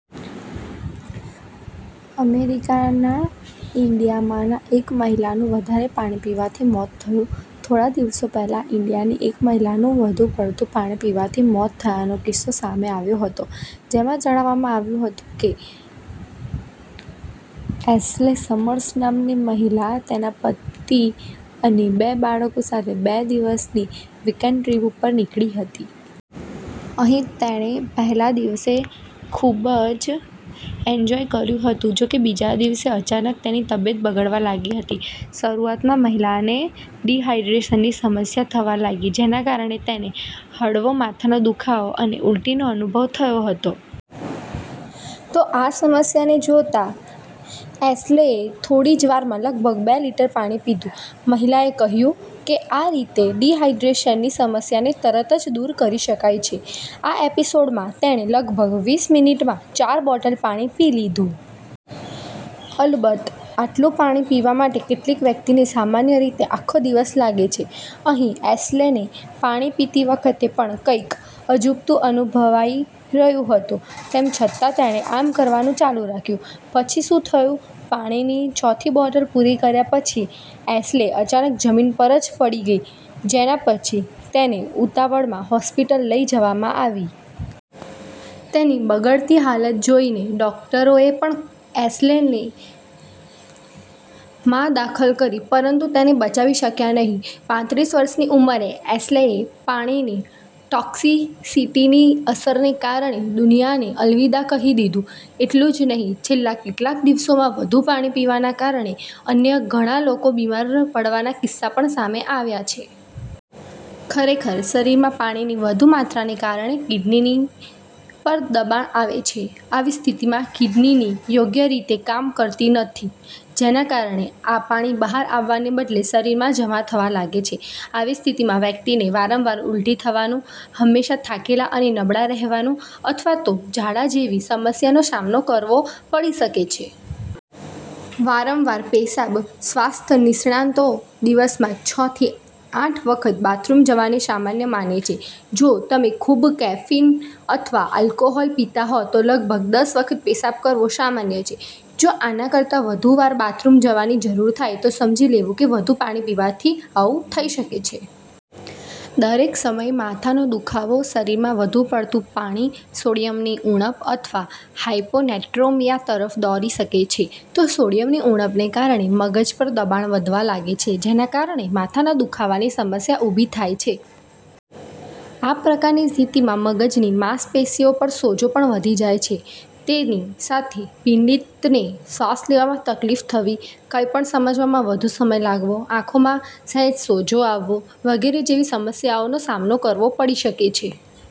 અમેરિકાના ઈન્ડિયાનામાં એક મહિલાનું વધારે પાણી પીવાથી મોત થયું થોડા દિવસો પહેલા ઈન્ડિયાનાની એક મહિલાનું વધુ પડતું પાણી પીવાથી મોત થયાનો કિસ્સો સામે આવ્યો હતો. જેમાં જણાવવામાં આવ્યું હતું કે, એશ્લે સમર્સ નામની મહિલા તેના પતિ અને બે બાળકો સાથે બે દિવસની વીકએન્ડ ટ્રીપ ઉપર નીકળી હતી. અહીં તેણે પહેલા દિવસે ખૂબ જ એન્જોય કર્યું હતું, જોકે બીજા દિવસે અચાનક તેની તબિયત બગડવા લાગી હતી. શરૂઆતમાં, મહિલાને ડિહાઇડ્રેશનની સમસ્યા થવા લાગી. જેના કારણે તેને હળવો માથાનો દુખાવો અને ઉલ્ટીનો અનુભવ થતો હતો. તો, આ સમસ્યાને જોતા એશ્લેએ થોડી જ વારમાં લગભગ બે લિટર પાણી પી લીધું. મહિલાએ કહ્યું કે, આ રીતે ડિહાઈડ્રેશનની સમસ્યાને તરત જ દૂર કરી શકાય છે. આ એપિસોડમાં તેણે લગભગ વીસ મિનિટમાં ચાર બોટલ પાણી પી લીધું. અલબત્ત, આટલું પાણી પીવા માટે કેટલીક વ્યક્તિને સામાન્ય રીતે આખો દિવસ લાગે છે. અહીં એશ્લેને પાણી પીતી વખતે પણ કંઈક અજુગતું અનુભવાઈ રહ્યું હતું, તેમ છતાં તેણે આમ કરવાનું ચાલુ રાખ્યું. પછી શું થયું, પાણીની ચોથી બોટલ પૂરી કર્યા પછી એશ્લે અચાનક જમીન પર જ પડી ગઈ, જેના પછી તેને ઉતાવળમાં હોસ્પિટલ લઈ જવામાં આવી. તેની બગડતી હાલત જોઈને ડોક્ટરોએ પણ એશ્લેને માં દાખલ કરી, પરંતુ તેને બચાવી શક્યા નહીં. પાત્રીસ વર્ષની ઉંમરે એશ્લેએ પાણીની ટોક્સીસિટીની અસરને કારણે દુનિયાને અલવિદા કહી દીધું. એટલું જ નહીં, છેલ્લા કેટલાક દિવસોમાં વધુ પાણી પીવાના કારણે અન્ય ઘણા લોકો બીમાર પડવાના કિસ્સા પણ સામે આવ્યા છે. ખરેખર, શરીરમાં પાણીની વધુ માત્રાને કારણે, કિડની પર દબાણ આવે છે. આવી સ્થિતિમાં, કિડની યોગ્ય રીતે કામ કરતી નથી, જેના કારણે આ પાણી બહાર આવવાને બદલે શરીરમાં જમા થવા લાગે છે. આવી સ્થિતિમાં વ્યક્તિને વારંવાર ઉલ્ટી થવાનું, હંમેશા થાકેલા અને નબળા રહેવાનું અથવા તો ઝાડા જેવી સમસ્યાનો સામનો કરવો પડી શકે છે. વારંવાર પેશાબ સ્વાસ્થ્ય નિષ્ણાતો દિવસમાં છ થી આઠ વખત બાથરૂમ જવાને સામાન્ય માને છે. જો તમે ખૂબ કેફીન અથવા આલ્કોહોલ પીતા હો, તો લગભગ દસ વખત પેશાબ કરવો સામાન્ય છે. જો આના કરતાં વધુ વાર બાથરૂમ જવાની જરૂર થાય તો સમજી લેવું કે વધુ પાણી પીવાથી આવું થઈ શકે છે. દરેક સમયે માથાનો દુખાવો શરીરમાં વધુ પડતું પાણી સોડિયમની ઉણપ અથવા હાઈપો નેટ્રેમિયા તરફ દોરી શકે છે. તો, સોડિયમની ઉણપને કારણે, મગજ પર દબાણ વધવા લાગે છે, જેના કારણે માથાના દુખાવાની સમસ્યા ઊભી થાય છે. આ પ્રકારની સ્થિતિમાં મગજની માંસપેશીઓ પર સોજો પણ વધી જાય છે, તેની સાથે પીડિતને શ્વાસ લેવામાં તકલીફ થવી, કંઈપણ સમજવામાં વધુ સમય લાગવો, આંખોમાં સહેજ સોજો આવવો, વગેરે જેવી સમસ્યાઓનો સામનો કરવો પડી શકે છે.